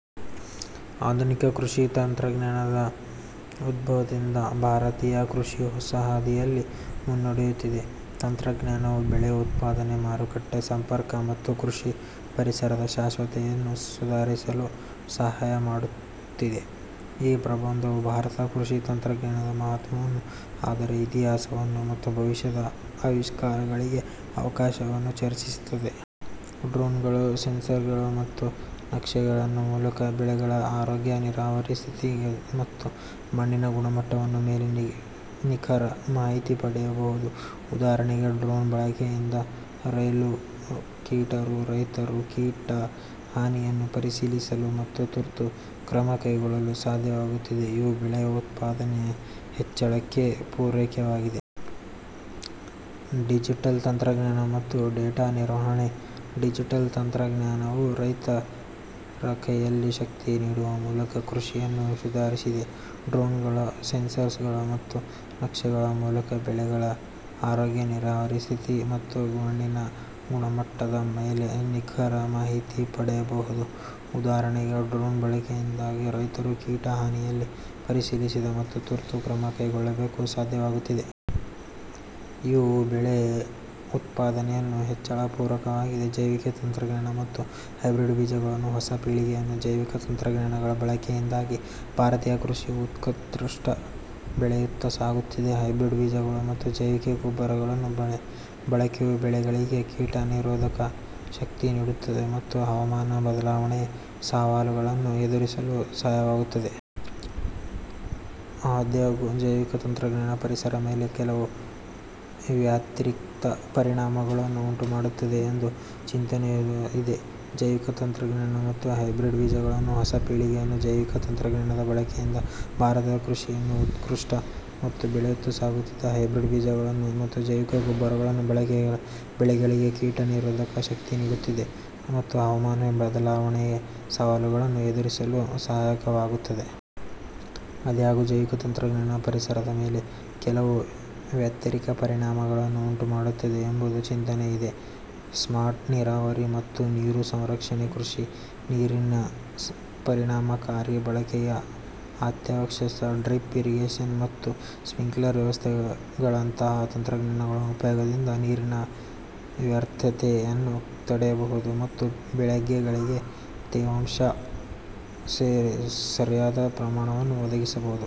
ಆಧುನಿಕ ಕೃಷಿ ತಂತ್ರಜ್ಞಾನದ ಉದ್ಭವದಿಂದ, ಭಾರತೀಯ ಕೃಷಿ ಹೊಸ ಹಾದಿಯಲ್ಲಿ ಮುನ್ನಡೆಯುತ್ತಿದೆ. ತಂತ್ರಜ್ಞಾನವು ಬೆಳೆ ಉತ್ಪಾದನೆ, ಮಾರುಕಟ್ಟೆ ಸಂಪರ್ಕ, ಮತ್ತು ಕೃಷಿ ಪರಿಸರದ ಶಾಶ್ವತತೆಯನ್ನು ಸುಧಾರಿಸಲು ಸಹಾಯ ಮಾಡುತ್ತಿದೆ. ಈ ಪ್ರಬಂಧವು ಭಾರತದ ಕೃಷಿ ತಂತ್ರಜ್ಞಾನದ ಮಹತ್ವವನ್ನು, ಅದರ ಇತಿಹಾಸವನ್ನು, ಮತ್ತು ಭವಿಷ್ಯದ ಆವಿಷ್ಕಾರಗಳಿಗೆ ಅವಕಾಶವನ್ನು ಚರ್ಚಿಸುತ್ತದೆ. ಡ್ರೋನ್ಗಳು, ಸೆನ್ಸಾರ್ಗಳು, ಮತ್ತು ನಕ್ಷೆಗಳ ಮೂಲಕ ಬೆಳೆಗಳ ಆರೋಗ್ಯ, ನೀರಾವರಿ ಸ್ಥಿತಿ, ಮತ್ತು ಮಣ್ಣಿನ ಗುಣಮಟ್ಟದ ಮೇಲೆ ನಿಖರ ಮಾಹಿತಿ ಪಡೆಯಬಹುದು. ಉದಾಹರಣೆಗೆ, ಡ್ರೋನ್ ಬಳಕೆಯಿಂದ ರೈತರು ಕೀಟ ಹಾನಿಯನ್ನು ಪರಿಶೀಲಿಸಲು ಮತ್ತು ತುರ್ತು ಕ್ರಮ ಕೈಗೊಳ್ಳಲು ಸಾಧ್ಯವಾಗುತ್ತದೆ. ಇವು ಬೆಳೆ ಉತ್ಪಾದನೆಯ ಹೆಚ್ಚಳಕ್ಕೆ ಪೂರಕವಾಗಿದೆ. ಡಿಜಿಟಲ್ ತಂತ್ರಜ್ಞಾನ ಮತ್ತು ಡೇಟಾ ನಿರ್ವಹಣೆ ಡಿಜಿಟಲ್ ತಂತ್ರಜ್ಞಾನವು ರೈತರ ಕೈಯಲ್ಲಿ ಶಕ್ತಿ ನೀಡುವ ಮೂಲಕ ಕೃಷಿಯನ್ನು ಸುಧಾರಿಸಿದೆ. ಡ್ರೋನ್ಗಳು, ಸೆನ್ಸಾರ್ಗಳು, ಮತ್ತು ನಕ್ಷೆಗಳ ಮೂಲಕ ಬೆಳೆಗಳ ಆರೋಗ್ಯ, ನೀರಾವರಿ ಸ್ಥಿತಿ, ಮತ್ತು ಮಣ್ಣಿನ ಗುಣಮಟ್ಟದ ಮೇಲೆ ನಿಖರ ಮಾಹಿತಿ ಪಡೆಯಬಹುದು. ಉದಾಹರಣೆಗೆ, ಡ್ರೋನ್ ಬಳಕೆಯಿಂದ ರೈತರು ಕೀಟ ಹಾನಿಯನ್ನು ಪರಿಶೀಲಿಸಲು ಮತ್ತು ತುರ್ತು ಕ್ರಮ ಕೈಗೊಳ್ಳಲು ಸಾಧ್ಯವಾಗುತ್ತದೆ. ಇವು ಬೆಳೆ ಉತ್ಪಾದನೆಯ ಹೆಚ್ಚಳಕ್ಕೆ ಪೂರಕವಾಗಿದೆ. ಜೈವಿಕ ತಂತ್ರಜ್ಞಾನ ಮತ್ತು ಹೈಬ್ರಿಡ್ ಬೀಜಗಳು ಹೊಸ ಪೀಳಿಗೆಯ ಜೈವಿಕ ತಂತ್ರಜ್ಞಾನದ ಬಳಕೆಯಿಂದ, ಭಾರತೀಯ ಕೃಷಿಯು ಉತ್ಕೃಷ್ಟ ಬೆಳೆಯತ್ತ ಸಾಗುತ್ತಿದೆ. ಹೈಬ್ರಿಡ್ ಬೀಜಗಳು ಮತ್ತು ಜೈವಿಕ ಗೊಬ್ಬರಗಳ ಬಳಕೆಯು ಬೆಳೆಗಳಿಗೆ ಕೀಟ ನಿರೋಧಕ ಶಕ್ತಿ ನೀಡುತ್ತಿವೆ, ಮತ್ತು ಹವಾಮಾನ ಬದಲಾವಣೆಯ ಸವಾಲುಗಳನ್ನು ಎದುರಿಸಲು ಸಹಾಯಕವಾಗುತ್ತವೆ. ಆದಾಗ್ಯೂ, ಜೈವಿಕ ತಂತ್ರಜ್ಞಾನವು ಪರಿಸರದ ಮೇಲೆ ಕೆಲವು ವ್ಯತಿರಿಕ್ತ ಪರಿಣಾಮಗಳನ್ನು ಉಂಟುಮಾಡುತ್ತದೆ ಎಂಬ ಚಿಂತನೆಯೂ ಇದೆ. ಜೈವಿಕ ತಂತ್ರಜ್ಞಾನ ಮತ್ತು ಹೈಬ್ರಿಡ್ ಬೀಜಗಳು ಹೊಸ ಪೀಳಿಗೆಯ ಜೈವಿಕ ತಂತ್ರಜ್ಞಾನದ ಬಳಕೆಯಿಂದ, ಭಾರತೀಯ ಕೃಷಿಯು ಉತ್ಕೃಷ್ಟ ಬೆಳೆಯತ್ತ ಸಾಗುತ್ತಿದೆ. ಹೈಬ್ರಿಡ್ ಬೀಜಗಳು ಮತ್ತು ಜೈವಿಕ ಗೊಬ್ಬರಗಳ ಬಳಕೆಯು ಬೆಳೆಗಳಿಗೆ ಕೀಟ ನಿರೋಧಕ ಶಕ್ತಿ ನೀಡುತ್ತಿವೆ, ಮತ್ತು ಹವಾಮಾನ ಬದಲಾವಣೆಯ ಸವಾಲುಗಳನ್ನು ಎದುರಿಸಲು ಸಹಾಯಕವಾಗುತ್ತವೆ. ಆದಾಗ್ಯೂ, ಜೈವಿಕ ತಂತ್ರಜ್ಞಾನವು ಪರಿಸರದ ಮೇಲೆ ಕೆಲವು ವ್ಯತಿರಿಕ್ತ ಪರಿಣಾಮಗಳನ್ನು ಉಂಟುಮಾಡುತ್ತದೆ ಎಂಬ ಚಿಂತನೆಯೂ ಇದೆ. ಸ್ಮಾರ್ಟ್ ನೀರಾವರಿ ಮತ್ತು ನೀರು ಸಂರಕ್ಷಣೆ ಕೃಷಿಯಲ್ಲಿ ನೀರಿನ ಪರಿಣಾಮಕಾರಿ ಬಳಕೆ ಅತ್ಯಾವಶ್ಯಕ. ಡ್ರಿಪ್ ಇರಿಗೇಶನ್ ಮತ್ತು ಸ್ಪ್ರಿಂಕ್ಲರ್ ವ್ಯವಸ್ಥೆಗಳಂತಹ ತಂತ್ರಜ್ಞಾನದ ಉಪಯೋಗದಿಂದ, ನೀರಿನ ವ್ಯರ್ಥತೆಯನ್ನು ತಡೆಯಬಹುದು ಮತ್ತು ಬೆಳೆಗಳಿಗೆ ತೇವಾಂಶದ ಸರಿಯಾದ ಪ್ರಮಾಣವನ್ನು ಒದಗಿಸಬಹುದು.